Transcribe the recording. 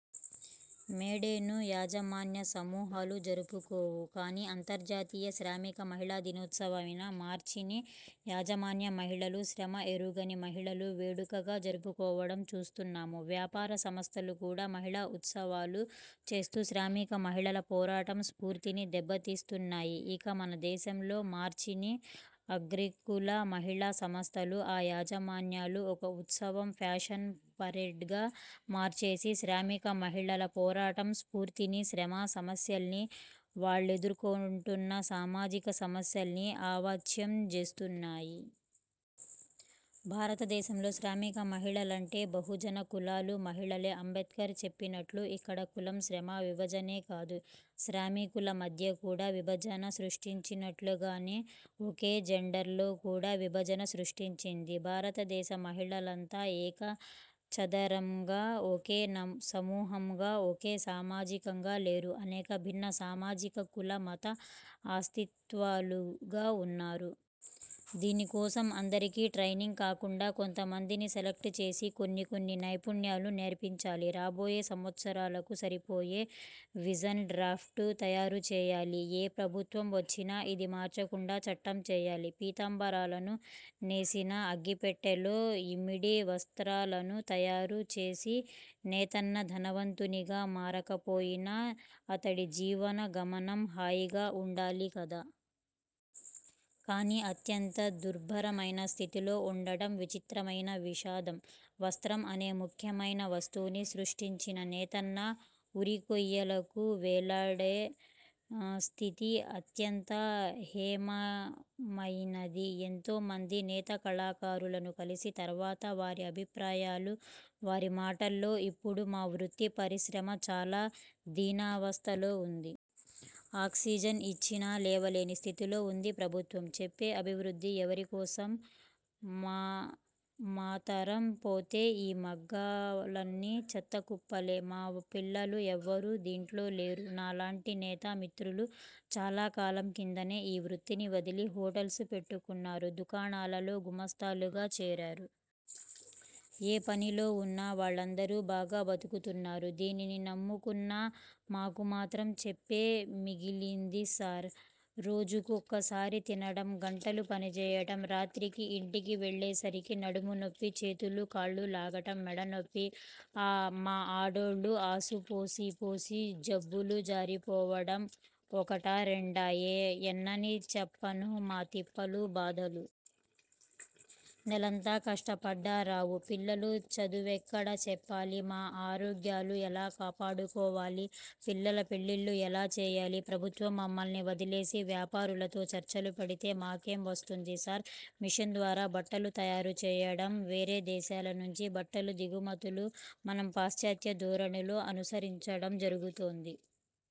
మే డేను యాజ మాన్య సమూహాలు జరుపుకోవు. కానీ అంతర్జాతీయ శ్రామిక మహిళా దినోత్సవమైన మార్చి ని యాజమాన్య మహిళలు, శ్రమ ఎరుగని మహిళలు వేడుకగా జరుపుకోవడం చూస్తున్నాం. వ్యాపార సంస్థలు కూడా మహిళా ఉత్సవాలు చేస్తూ శ్రామిక మహిళల పోరాట స్ఫూర్తిని దెబ్బతీస్తున్నాయి. ఇక మన దేశంలో మార్చి ని అగ్రకుల మహిళా సంస్థలు, ఆ యాజమాన్యాలు ఒక ఉత్సవంగా, ఫ్యాషన్ పరేడ్గా మార్చేసి శ్రామిక మహిళల పోరాట స్ఫూర్తిని, శ్రమ సమస్యల్ని, వాళ్లెదుర్కుంటున్న సామాజిక సమస్యల్ని అవాచ్యం జేస్తున్నయి. భారతదేశంలో శ్రామిక మహిళలంటే బహుజన కులాల మహిళలే. అంబేడ్కర్ చెప్పినట్లు ఇక్కడ కులం శ్రమ విభజనే కాదు, శ్రామికుల మధ్య కూడా విభజన సృష్టించినట్లుగానే ఒకే జెండర్లో కూడా విభజన సృష్టించింది. భారతదేశ మహిళలంతా ఏక చదరంగా, ఒకే సమూహంగా, ఒకే సామాజికంగా లేరు. అనేక భిన్న సామాజిక కుల, మత అస్తిత్వాలుగా వున్నారు. దీనికోసం అందరికీ ట్రైనింగ్ కాకుండా కొంతమందిని సెలక్ట్ చేసి కొన్ని కొన్ని నైపుణ్యాలు నేర్పించాలి. రాబోయే సంవత్సరాలకు సరిపోయే విజన్ డ్రాఫ్ట్ను తయారు చెయ్యాలి. ఏ ప్రభుత్వం వచ్చినా ఇది మార్చకుండా చట్టం చెయ్యాలి. పీతాంబరాలను నేసిన, అగ్గిపెట్టెలో ఇమిడే వస్ర్తాలను తయారు చేసిన నేతన్న ధనవంతునిగా మారకపోయినా అతడి జీవన గమనం హాయిగా ఉండాలి కదా! కానీ అత్యంత దుర్భరమైన స్థితిలో ఉండడం విచిత్రమైన విషాదం. 'వస్త్రం' అనే ముఖ్యమైన వస్తువుని సృష్టించిన 'నేతన్న', 'ఉరి'కొయ్యలకు వేలాడే స్థితి అత్యంత హేయమయినది. ఎంతో మంది నేత కళాకారులను కలిసిన తర్వాత, వారి అభిప్రాయాలు వారి మాటల్లో– ఇప్పుడు మా 'వృత్తి' పరిశ్రమ చాలా దీనావస్థలో వుంది. ''ఆక్సిజన్ ఇచ్చినా లేవలేని స్థితిలో వుంది. ప్రభుత్వం చెప్పే అభివృద్ధి ఎవరి కోసం మాతరం పోతే ఈ మగ్గాలన్నీ చెత్తకుప్పలే. మా పిల్లలు ఎవ్వరూ దీంట్లో లేరు. ' నాలాంటి 'నేత' మిత్రులు చాలాకాలం కిందనే ఈ వృత్తిని వదిలి హోటల్స్ పెట్టుకున్నారు. దుకాణాలలో గుమస్తాలుగా చేరారు. ఏ పనిలో వున్నా వాళ్ళందరూ బాగా బతుకుతున్నారు. దీనిని నమ్ముకున్న మాకు మాత్రం 'చిప్పే' మిగిలింది సార్! రోజుకు ఒక్కసారి తినడం గంటలు పనిచేయడం రాత్రికి ఇంటికి వెళ్ళేసరికి నడుము నొప్పి, చేతులు కాళ్ళు లాగడం మెడ నొప్పి మా ఆడోళ్ళు ఆసు పోసి పోసి జబ్బలు జారిపోవడం ఒకటా, రెండా ఎన్నని చెప్పను మా తిప్పలు, బాధలు. నెలంతా కష్టపడ్డా రావు. పిల్లలు చదువెక్కడ చెప్పాలి. మా ఆరోగ్యాలు ఎలా కాపాడుకోవాలి. పిల్లల పెళ్ళిళ్లు ఎలా చెయ్యాలి. ప్రభుత్వం మమ్మల్ని వదిలేసి వ్యాపారులతో చర్చలు పెడితే మాకేం వస్తది సార్! మిషన్ ద్వారా బట్టలను తయారు చేయడం, వేరే దేశాల నుంచి బట్టల దిగుమతులు, మనం పాశ్చాత్య ధోరణులో అనుసరించడం జరుగుతోంది.